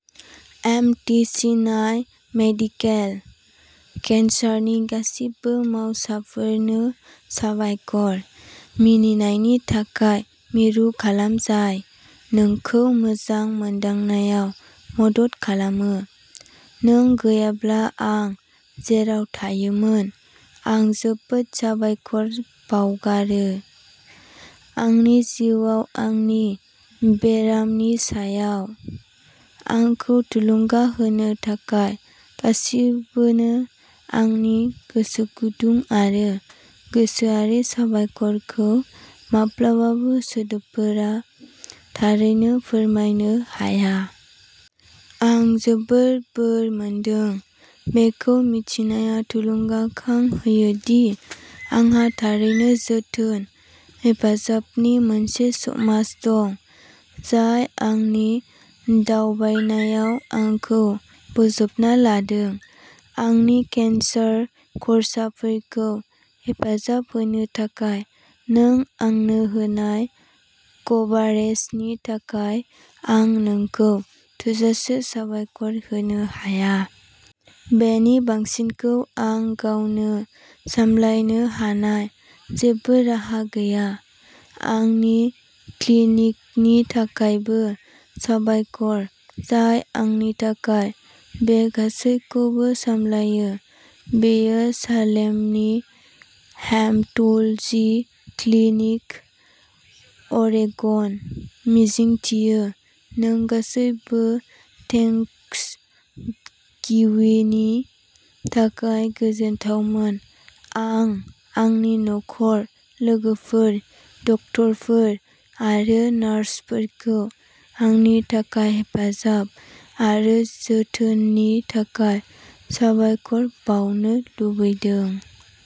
M. T. Sinai medical केन्सारनि गासिबो मावसाफोरनो साबायखर। मिनिनायनि थाखाय मिरु खालाम जाय नोंखौ मोजां मोनदांनायाव मदद खालामो। नों गैयाब्ला आं जेराव थायोमोन। आं जोबोद साबायखर बावगारो। आंनि जिउआव आंनि बेरामनि समाव आंखौ थुलुंगा होनो थाखाय गासिबोनो आंनि गोसोगुदुं आरो गोसोआरि साबायखरखौ माब्लाबाबो सोदोबफोरा थारैनो फोरमायनो हाया। आं जोबोद बोर मोनदों! बेखौ मिथिनाया थुलुंगाखां होयो दि आंहा थारैनो जोथोन/हेफाजाबनि मोनसे समाज दं जाय आंनि दावबायनायाव आंखौ बोजबना लादों। आंनि केन्सार खर्साफोरखौ हेफाजाब होनो थाखाय नों आंनो होनाय कभारेजनि थाखाय आं नोंखौ थोजासे साबायखर होनो हाया। बेनि बांसिनखौ आं गावनो सामलायनो हानाय जेबो राहा गैया। आंनि क्लिनिकनि थाखायबो साबायखर जाय आंनि थाखाय बे गासैबोखौ सामलायो। बेयो सालेमनि हेम'ट'ल'जि क्लिनिक। अरेगन। मिजिंथियो नों गासैबो थेंक्सगिविंनि थाखाय गोजोनथावमोन। आं आंनि नखर, लोगोफोर, डक्टरफोर आरो नार्सफोरखौ आंनि थाखाय हेफाजाब आरो जोथोननि थाखाय साबायखर बावनो लुबैदों।